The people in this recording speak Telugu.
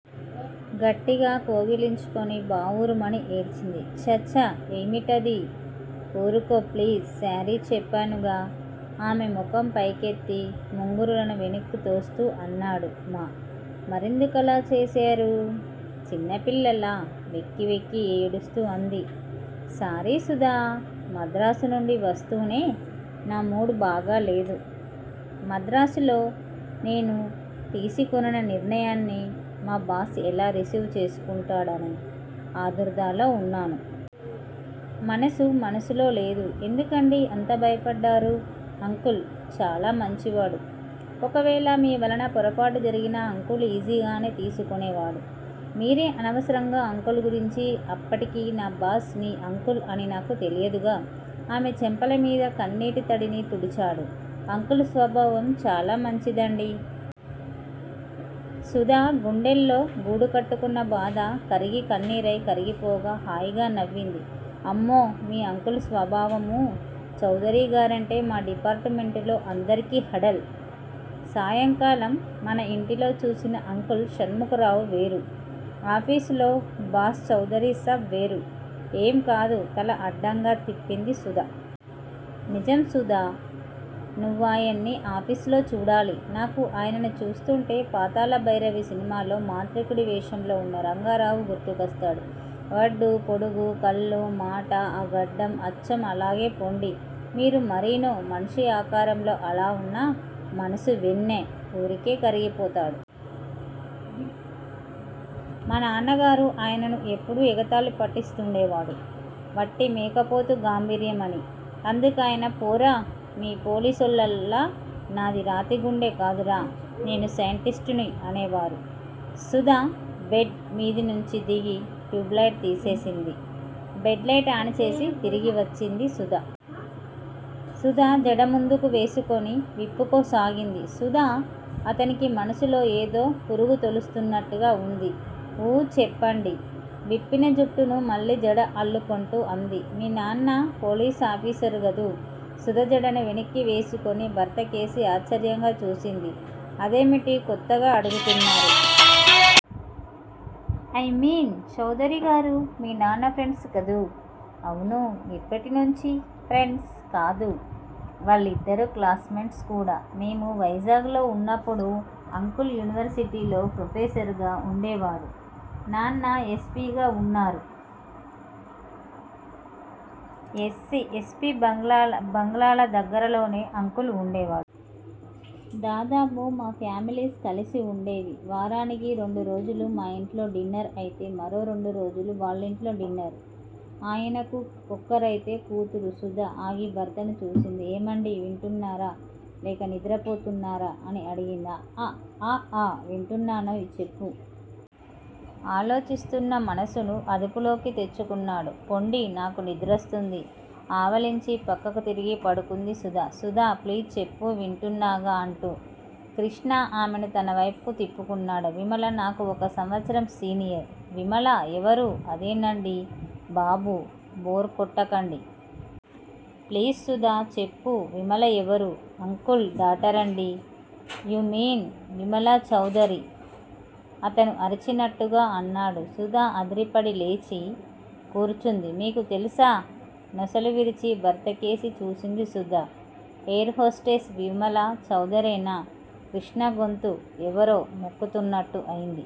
గట్టిగా కౌగలించుకొని బావురుమని ఏడ్చింది. ఛ! ఛ! ఏమిటిది? ఊరుకో ప్లీజ్ సారీ చెప్పానుగా? ఆమె ముఖం పైకెత్తి ముంగురులను వెనక్కు తోస్తూ అన్నాడు. మ మరెందుకలా చేశారు? చిన్నపిల్లలా వెక్కివెక్కి ఏడుస్తూ అంది. సారీ సుధా! మద్రాసునుండి వస్తూనే నా మూడ్ బాగా లేదు మద్రాసులో నేను తీసికొనిన నిర్ణయాన్ని మా బాస్ ఎలా రిసీవ్ చేసుకుంటాడోననే ఆదుర్దాలో వున్నాను. మనసు మనసులో లేదు. ఎందుకండీ అంత భయపడ్డారూ? అంకుల్ చాలా మంచివాడు. ఒకవేళ మీవలన పొరపాటు జరిగినా అంకుల్ ఈజీగానే తీసుకొనేవాడు. మీరే అనవసరంగా అంకుల్ గురించి అప్పటికి నా బాస్ నీ అంకుల్ అని నాకు తెలియదుగా? ఆమె చెంపలమీద కన్నీటితడిని తుడిచాడు. అంకుల్ స్వభావం చాలా మంచిదండీ! సుధ గుండెల్లో గూడుకట్టుకొన్న బాధ కరిగి కన్నీరయి కరిగిపోగా, హాయిగా నవ్వింది. అమ్మో! మీ అంకుల్ స్వభావమూ? చౌదరిగారంటే మా డిపార్టుమెంట్ లో అందరికీ హడల్. సాయంకాలం మన ఇంటిలో చూసిన అంకుల్ షణ్ముఖరావు వేరు. ఆఫీస్ లో బాస్-చౌదరీసాబ్ వేరు. ఏం కాదు తల అడ్డంగా తిప్పింది సుధ. నిజం సుధా. నువ్వాయన్ని ఆఫీసులో చూడాలి. నాకు ఆయనను చూస్తుంటే పాతాళభైరవి సినిమాలో మాంత్రికుడి వేషంలో వున్న రంగారావు గుర్తుకొస్తాడు. వడ్డూ, పొడుగూ, కళ్ళూ, మాటా, ఆ గడ్డం, అచ్చం అలాగే పోండీ! మీరు మరీనూ? మనిషి ఆకారంలో అలా వున్నా మనసు వెన్న- ఊరికె కరిగిపోతాడు. మానాన్నగారు ఆయనను ఎప్పుడూ ఎగతాళి పట్టిస్తుండేవారు. వట్టి మేకపోతు గాంభీర్యం అని. అందుకాయన- పోరా! మీ పోలీసోళ్ళలా నాది రాతిగుండె కాదురా! నేను సైంటిస్టును అనేవారు. సుధ బెడ్ మీదినుంచి దిగి ట్యూబ్ లైటు తీసేసింది. బెడ్ లైట్ ఆన్ చేసి తిరిగి వచ్చింది. సుధా? సుధ జడముందుకు వేసుకొని విప్పుకోసాగింది. సుధా! అతనికి మనసులో ఏదో పురుగు తొలుస్తున్నట్టుగా వుంది. ఊఁ చెప్పండి. విప్పిన జుట్టును మళ్ళీ జడ అల్లుకొంటూ అంది. మీ నాన్న పోలీసాఫీసారు గదూ? సుధ జడను వెనక్కు వేసికొని భర్తకేసి ఆశ్చర్యంగా చూసింది. అదేమిటి కొత్తగా అడుగుతున్నారూ? ఐ మీన్ చౌదరిగారూ, మీ నాన్న ఫ్రెండ్స్ కదూ? అవునూ! ఎప్పటినుంచీ? ఫ్రెండ్సే కాదు. వాళ్ళిద్దరూ క్లాస్ మేట్సు కూడా. మేము వైజాగ్ లో ఉన్నప్పుడు అంకుల్ యూనివర్సిటీ లో ప్రొఫెసర్ గా వుండేవారు. నాన్న యస్. పి. గా ఉన్నారు. యస్పీ బంగళాల దగ్గరలోనే అంకుల్ వుండేవారు. దాదాపు మా ఫామిలీస్ కలిసే వుండేవి. వారానికి రెండు రోజులు మా ఇంట్లో డిన్నర్ అయితే మరో రెండురోజులు వాళ్ళింట్లో డిన్నర్ ఆయనాకూ ఒక్కరితే కూతురు సుధ ఆగి భర్తను చూసింది. ఏమండీ వింటున్నారా? లేక నిద్రపోతున్నారా? అని అడిగింది. ఆఁ ఆఁ వింటున్నానోయ్ చెప్పూ? ఆలోచిస్తున్న మనసును అదుపులోకి తెచ్చుకున్నాడు. పొండి! నాకు నిద్రొస్తోంది ఆవలించి పక్కకు తిరిగి పడుకుంది సుధ. సుధా! ప్లీజ్ చెప్పు వింటున్నాగా అంటూ కృష్ణ ఆమెను తన వైపుకు తిప్పుకున్నాడు. విమల నాకు ఒక సంవత్సరం సీనియర్. విమలా? ఎవరూ? అదేనండీ బాబు! బోర్ కొట్టకండి. ప్లీజ్ సుధా? చెప్పు. విమల ఎవరూ! అంకుల్ డాటరండీ. యూ మీన్ విమలాచౌదరా? అతను అరిచినట్టుగా అన్నాడు. సుధ అదిరిపడి లేచి కూర్చుంది. మీకు తెలుసా? నొసలు విరిచి భర్త కేసి చూసింది సుధ. ఎయిర్ హోస్టెస్ విమలాచౌదరేనా? కృష్ణ గొంతు ఎవరో నొక్కుతున్నట్టుగా అయింది.